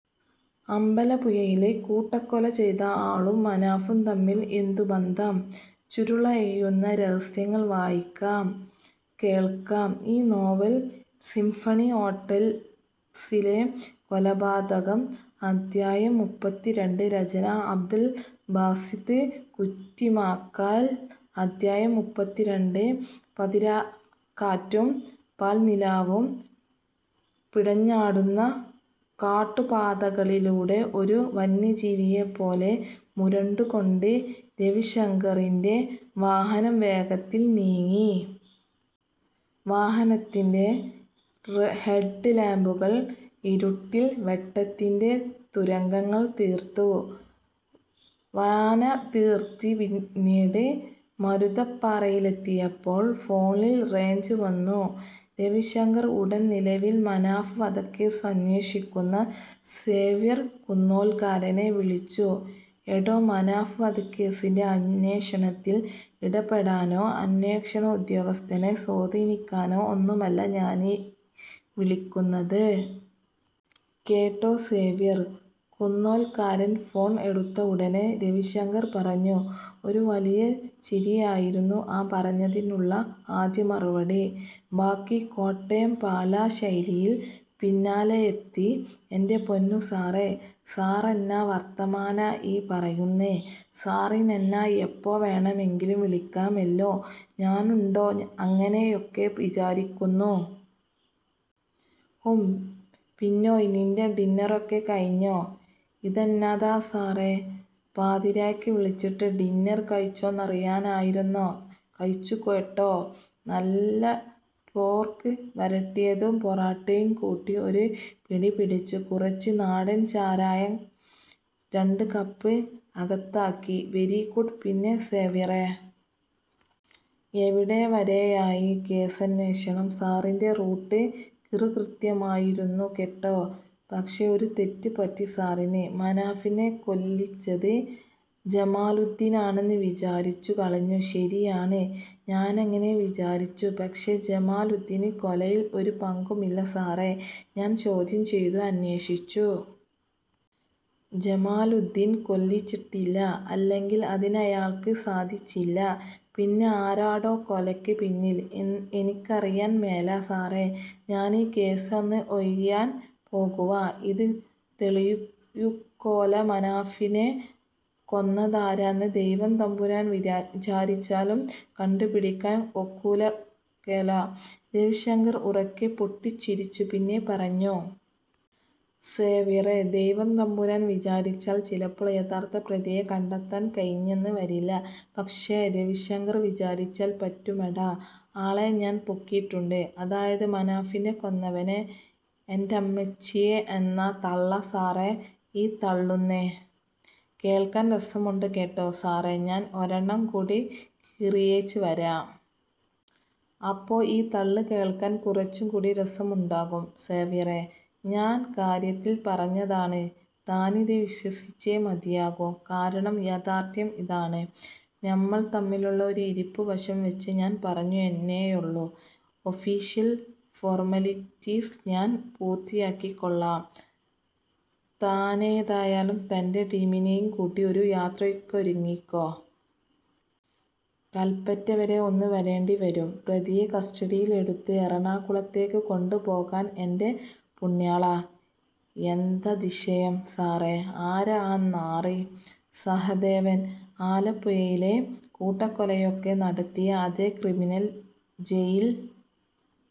'അമ്പലപ്പുഴയില് കൂട്ടക്കൊല ചെയ്ത ആളും മനാഫും തമ്മിൽ എന്തു ബന്ധം?; ചുരുളഴിയുന്ന രഹസ്യങ്ങൾ' വായിക്കാം, കേൾക്കാം ഇ-നോവൽ സിംഫണി ഹോട്ടൽസിലെ കൊലപാതകം അധ്യായം: മുപ്പത്തിരണ്ട് രചന – അബ്ദുൽ ബാസിത്ത് കുറ്റിമാക്കൽ അധ്യായം: മുപ്പത്തിരണ്ട് പാതിരാക്കാറ്റും പാൽനിലാവും പിണഞ്ഞാടുന്ന കാട്ടുപാതകളിലൂടെ ഒരു വന്യജീവിയെപ്പോലെ മുരണ്ടുകൊണ്ട് രവിശങ്കറിന്റെ വാഹനം വേഗത്തിൽ നീങ്ങി. വാഹനത്തിന്റെ ഹെഡ് ലാമ്പുകൾ ഇരുട്ടിൽ വെട്ടത്തിന്റെ തുരങ്കങ്ങൾ തീർത്തു. വനാതിർത്തി പിന്നിട്ട് മരുതപ്പാറയിലെത്തിയപ്പോൾ ഫോണിൽ റേഞ്ച് വന്നു. രവിശങ്കർ ഉടൻ നിലവിൽ മനാഫ് വധക്കേസ് അന്വേഷിക്കുന്ന സേവ്യർ കുന്നേൽക്കാരനെ വിളിച്ചു. "എടോ, മനാഫ് വധക്കേസിന്റെ അന്വേഷണത്തിൽ ഇടപെടാനോ, അന്വേഷണ ഉദ്യോഗസ്ഥനെ സ്വാധീനിക്കാനോ ഒന്നുമല്ല ഞാനീ വിളിക്കുന്നത്. കേട്ടോ... " സേവ്യർ കുന്നേൽക്കാരൻ ഫോൺ എടുത്ത ഉടനെ രവിശങ്കർ പറഞ്ഞു. ഒരു വലിയ ചിരിയായിരുന്നു ആ പറഞ്ഞതിനുള്ള ആദ്യ മറുപടി. ബാക്കി കോട്ടയം പാലാ ശൈലിയിൽ പിന്നാലെയെത്തി: "എന്റെ പൊന്നു സാറേ... സാറെന്നാ വർത്താനമാ ഈ പറയുന്നേ... സാറിനെന്നെ എപ്പോ വേണമെങ്കിലും വിളിക്കാമല്ലോ... ഞാനുണ്ടോ അങ്ങനെയൊക്കെ വിചാരിക്കുന്നു... " "ഉം... പിന്നേയ് നിന്റെ ഡിന്നറൊക്കെ കഴിഞ്ഞോ...? " "ഇതെന്നതാ സാറേ, പാതിരായ്ക്ക് വിളിച്ചത് ഡിന്നർ കഴിച്ചോന്നറിയാനായിരുന്നോ... കഴിച്ചു കേട്ടോ... നല്ല പോർക്ക് വരട്ടിയത് പൊറോട്ടയും കൂട്ടി ഒരു പിടിപിടിച്ചു. " "കുറച്ച്... നാടൻ ചാരായം രണ്ട് കപ്പ് അകത്താക്കി. " "വെരി ഗുഡ്... പിന്നെ സേവ്യറെ... എവിടെ വരെയായി കേസന്വേഷണം? " "സാറിന്റെ റൂട്ട് കിറുകൃത്യമായിരുന്നു കേട്ടോ. പക്ഷേ ഒരു തെറ്റ് പറ്റി സാറിന്. മനാഫിനെ കൊല്ലിച്ചത് ജമാലുദ്ധീനാണെന്ന് വിചാരിച്ചു കളഞ്ഞു. " "ശരിയാണ്. ഞാനങ്ങനെ വിചാരിച്ചു. " "പക്ഷേ ജമാലുദ്ധീന് കൊലയിൽ ഒരു പങ്കുമില്ല സാറേ... ഞാൻ ചോദ്യം ചെയ്തു. അന്വേഷിച്ചു. ജമാലുദ്ധീൻ കൊല്ലിച്ചിട്ടില്ല. അല്ലെങ്കിൽ അതിനയാൾക്ക് സാധിച്ചില്ല. " "പിന്നെ ആരാടോ കൊലക്ക് പിന്നിൽ...? " "എനിക്കറിയാൻ മേല സാറേ... ഞാനീ കേസേന്ന് ഒഴിയാൻ പോകുവാ... ഇത് തെളിയുകേല... മനാഫിനെ കൊന്നതാരെന്ന് ദൈവം തമ്പുരാൻ വിചാരിച്ചാലും കണ്ടു പിടിക്കാൻ ഒക്കുകേല. " രവിശങ്കർ ഉറക്കെ പൊട്ടിച്ചിരിച്ചു. പിന്നെ പറഞ്ഞു. "സേവ്യറെ... ദൈവം തമ്പുരാൻ വിചാരിച്ചാൽ ചിലപ്പോൾ യഥാർത്ഥ പ്രതിയെ കണ്ടെത്താൻ കഴിഞ്ഞെന്ന് വരില്ല. പക്ഷേ രവിശങ്കർ വിചാരിച്ചാൽ പറ്റുമെടോ... ആളെ ഞാൻ പൊക്കിയിട്ടുണ്ട്. അതായത് മനാഫിനെ കൊന്നവനെ...! " "എന്റമ്മച്ചിയേ... എന്നാ തള്ളാ സാറേ ഈ തള്ളുന്നെ..! കേൾക്കാൻ രസമുണ്ട് കേട്ടോ... സാറേ, ഞാൻ രണ്ടെണ്ണം കൂടി കീറിയേച്ച് വരാം. അപ്പൊ ഈ തള്ള് കേൾക്കാൻ കുറച്ചു കൂടി രസമുണ്ടാകും. " "സേവ്യറെ... ഞാൻ കാര്യത്തിൽ പറഞ്ഞതാണ്. താനിത് വിശ്വസിച്ചേ മതിയാകൂ. കാരണം യാഥാർഥ്യം ഇതാണ്. നമ്മൾ തമ്മിലുള്ള ഒരു ഇരിപ്പുവശം വെച്ച് ഞാൻ പറഞ്ഞു എന്നേയുള്ളൂ. ഒഫീഷ്യൽ ഫോർമാലിറ്റിസ് ഞാൻ പൂർത്തിയാക്കിക്കൊള്ളാം. താനേതായാലും തന്റെ ടീമിനെയും കൂട്ടി ഒരു യാത്രക്കൊരുങ്ങിക്കോ. കല്പറ്റ വരെ ഒന്ന് വരേണ്ടി വരും. പ്രതിയെ കസ്റ്റഡിയിൽ എടുത്ത് എറണാകുളത്തേക്ക് കൊണ്ടു പോകാൻ. " "എന്റെ പുണ്യാളാ... എന്തൊരതിശയം...! സാറേ, ആരാ ആ നാറി...? " "സഹദേവൻ... അമ്പലപ്പുഴയിലെ കൂട്ടക്കൊലയൊക്കെ നടത്തിയ അതേ ക്രിമിനൽ. ജയിൽ